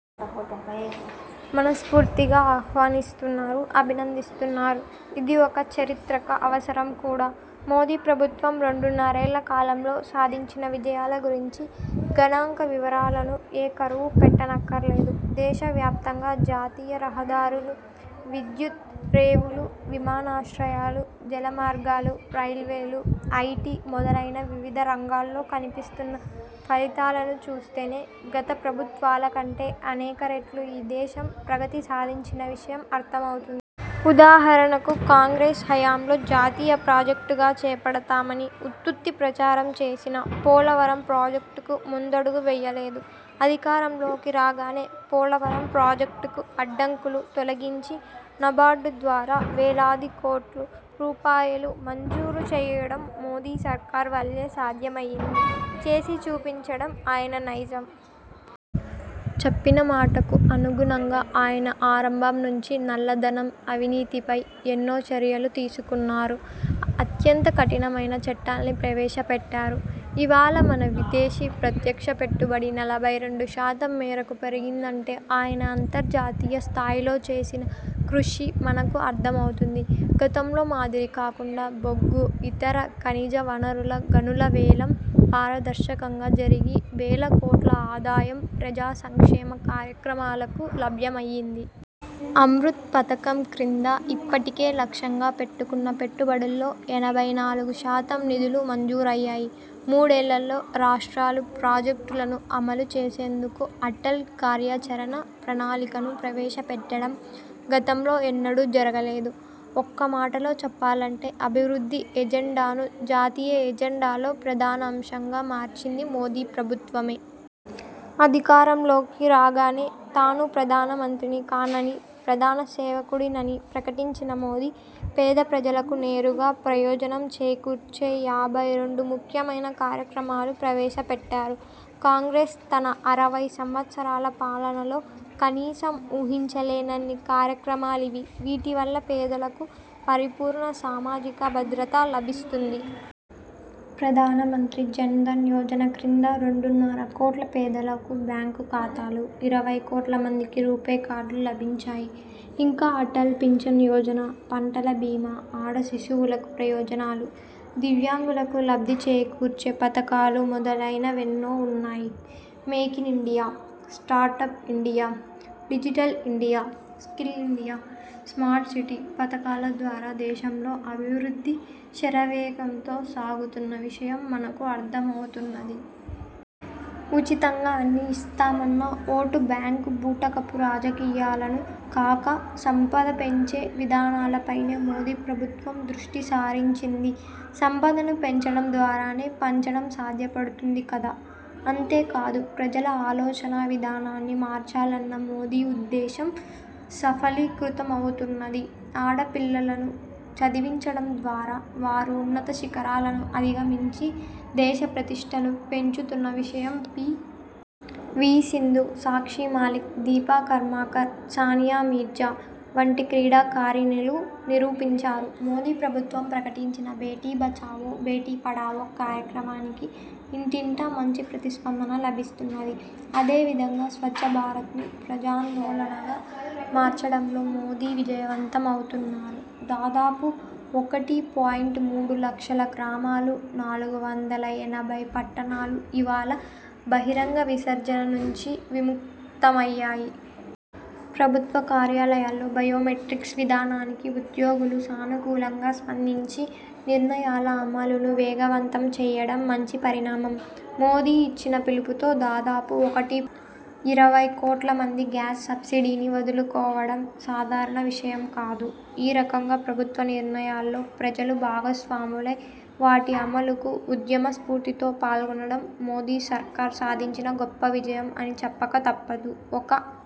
మనస్ఫూర్తిగా ఆహ్వానిస్తున్నారు. అభినందిస్తున్నారు. ఇది ఒక చారిత్రక అవసరం కూడా. మోదీ ప్రభుత్వం రెండున్నరేళ్ల కాలంలో సాధించిన విజయాల గురించి గణాంక వివరాలను ఏ కరువు పెట్టనక్కర్లేదు. దేశవ్యాప్తంగా జాతీయ రహదారులు, విద్యుత్, రేవులు, విమానాశ్రయాలు, జలమార్గాలు, రైల్వేలు, ఐటీ మొదలైన వివిధ రంగాల్లో కనిపిస్తున్న ఫలితాలను చూస్తేనే గత ప్రభుత్వాల కంటే అనేక రెట్లు ఈ దేశం ప్రగతి సాధించిన విషయం అర్థమవుతుంది. ఉదాహరణకు కాంగ్రెస్ హయాంలో జాతీయ ప్రాజెక్టుగా చేపడతామని ఉత్తుత్తి ప్రచారం చేసినా పోలవరం ప్రాజెక్టు ముందడుగు వేయలేదు. అధికారంలోకి రాగానే పోలవరం ప్రాజెక్టుకు అడ్డంకులు తొలగించి నాబార్డు ద్వారా వేలాదికోట్ల రూపాయలు మంజూరు చేయడం మోదీ సర్కార్ వల్లే సాధ్యమైంది. చేసి చూపించడం ఆయన నైజం. చెప్పిన మాటకు అనుగుణంగా ఆయన ఆరంభం నుంచి నల్లధనం, అవినీతిపై ఎన్నో చర్యలు తీసుకున్నారు. అత్యంత కఠినమైన చట్టాల్ని ప్రవేశపెట్టారు. ఇవాళ మన విదేశీ ప్రత్యక్ష పెట్టుబడి నలభై రెండుశాతం మేరకు పెరిగిందంటే ఆయన అంతర్జాతీయ స్థాయిలో చేసిన కృషి మనకు అర్థమవుతుంది. గతంలో మాదిరి కాకుండా బొగ్గు, ఇతర ఖనిజ వనరుల గనుల వేలం పారదర్శకంగా జరిగి వేలకోట్ల ఆదాయం ప్రజా సంక్షేమ కార్యక్రమాలకు లభ్యమయింది. అమృత్ పథకం క్రింద ఇప్పటికే లక్ష్యంగా పెట్టుకున్న పెట్టుబడుల్లో ఎనభై నాలుగు శాతం నిధులు మంజూరయ్యాయి. మూడేళ్లలో రాష్ట్రాలు ప్రాజెక్టులను అమలు చేసేందుకు అటల్ కార్యాచరణ ప్రణాళికను ప్రవేశపెట్టడం గతంలో ఎన్నడూ జరగలేదు. ఒక్క మాటలో చెప్పాలంటే అభివృద్ధి ఎజెండాను జాతీయ ఎజెండాలో ప్రధానాంశంగా మార్చింది మోదీ ప్రభుత్వమే. అధికారంలోకి రాగానే తాను ప్రధానమంత్రిని కానని, ప్రధాన సేవకుడినని ప్రకటించిన మోదీ పేద ప్రజలకు నేరుగా ప్రయోజనం చేకూర్చే యాభై రెండు ముఖ్యమైన కార్యక్రమాలు ప్రవేశపెట్టారు. కాంగ్రెస్ తన అరవై సంవత్సరాల పాలనలో కనీసం ఊహించలేనన్ని కార్యక్రమాలివి. వీటివల్ల పేదలకు పరిపూర్ణ సామాజిక భద్రత లభిస్తుంది. ప్రధానమంత్రి జన్ ధన్ యోజన క్రింద రెండున్నర కోట్ల పేదలకు బ్యాంకు ఖాతాలు, ఇరవై కోట్ల మందికి రూపే కార్డులు లభించాయి. ఇంకా అటల్ పింఛన్ యోజన, పంటల భీమా, ఆడ శిశువులకు ప్రయోజనాలు, దివ్యాంగులకు లబ్ధి చేకూర్చే పథకాలు మొదలైనవెన్నో ఉన్నాయి. Make in India, startup India, digital India, skill India, smart city పథకాల ద్వారా దేశంలో అభివృద్ధి శరవేగంతో సాగుతున్న విషయం మనకు అర్థమవుతున్నది. ఉచితంగా అన్నీ ఇస్తామన్న ఓటు బ్యాంకు బూటకపు రాజకీయాలను కాక సంపద పెంచే విధానాలపైనే మోదీ ప్రభుత్వం దృష్టి సారించింది. సంపదను పెంచడం ద్వారానే పంచడం సాధ్యపడుతుంది కదా! అంతేకాదు, ప్రజల ఆలోచనా విధానాన్ని మార్చాలన్న మోదీ ఉద్దేశం సఫలీకృతమవుతున్నది. ఆడపిల్లలను చదివించడం ద్వారా వారు ఉన్నత శిఖరాలను అధిగమించి దేశ ప్రతిష్టను పెంచుతున్న విషయం పి. వి. సింధు, సాక్షి మాలిక్, దీపా కర్మాకర్, సానియా మీర్జా వంటి క్రీడాకారిణులు నిరూపించారు. మోదీ ప్రభుత్వం ప్రకటించిన బేటీ బచావో, బేటీ పడావో కార్యక్రమానికి ఇంటింటా మంచి ప్రతిస్పందన లభిస్తున్నది. అదేవిధంగా స్వచ్చభారత్ను ప్రజాందోళనగా మార్చడంలో మోదీ విజయవంతమవుతున్నారు. దాదాపు ఒకటి పాయింట్ మూడు లక్షల గ్రామాలు, నాలుగు వందల ఎనభై పట్టణాలు ఇవాళ బహిరంగ విసర్జన నుంచి విముక్తమయ్యాయి. ప్రభుత్వ కార్యాలయాల్లో బయోమెట్రిక్స్ విధానానికి ఉద్యోగులు సానుకూలంగా స్పందించి నిర్ణయాల అమలును వేగవంతం చేయడం మంచి పరిణామం. మోదీ ఇచ్చిన పిలుపుతో దాదాపు ఒకటి పాయింట్ ఇరవై కోట్ల మంది గ్యాస్ సబ్సిడీని వదులుకోవడం సాధారణ విషయం కాదు. ఈ రకంగా ప్రభుత్వ నిర్ణయాల్లో ప్రజలు భాగస్వాములై వాటి అమలుకు ఉద్యమ స్ఫూర్తితో పాల్గొనడం మోదీసర్కార్ సాధించిన గొప్పవిజయం అని చెప్పక తప్పదు. ఒక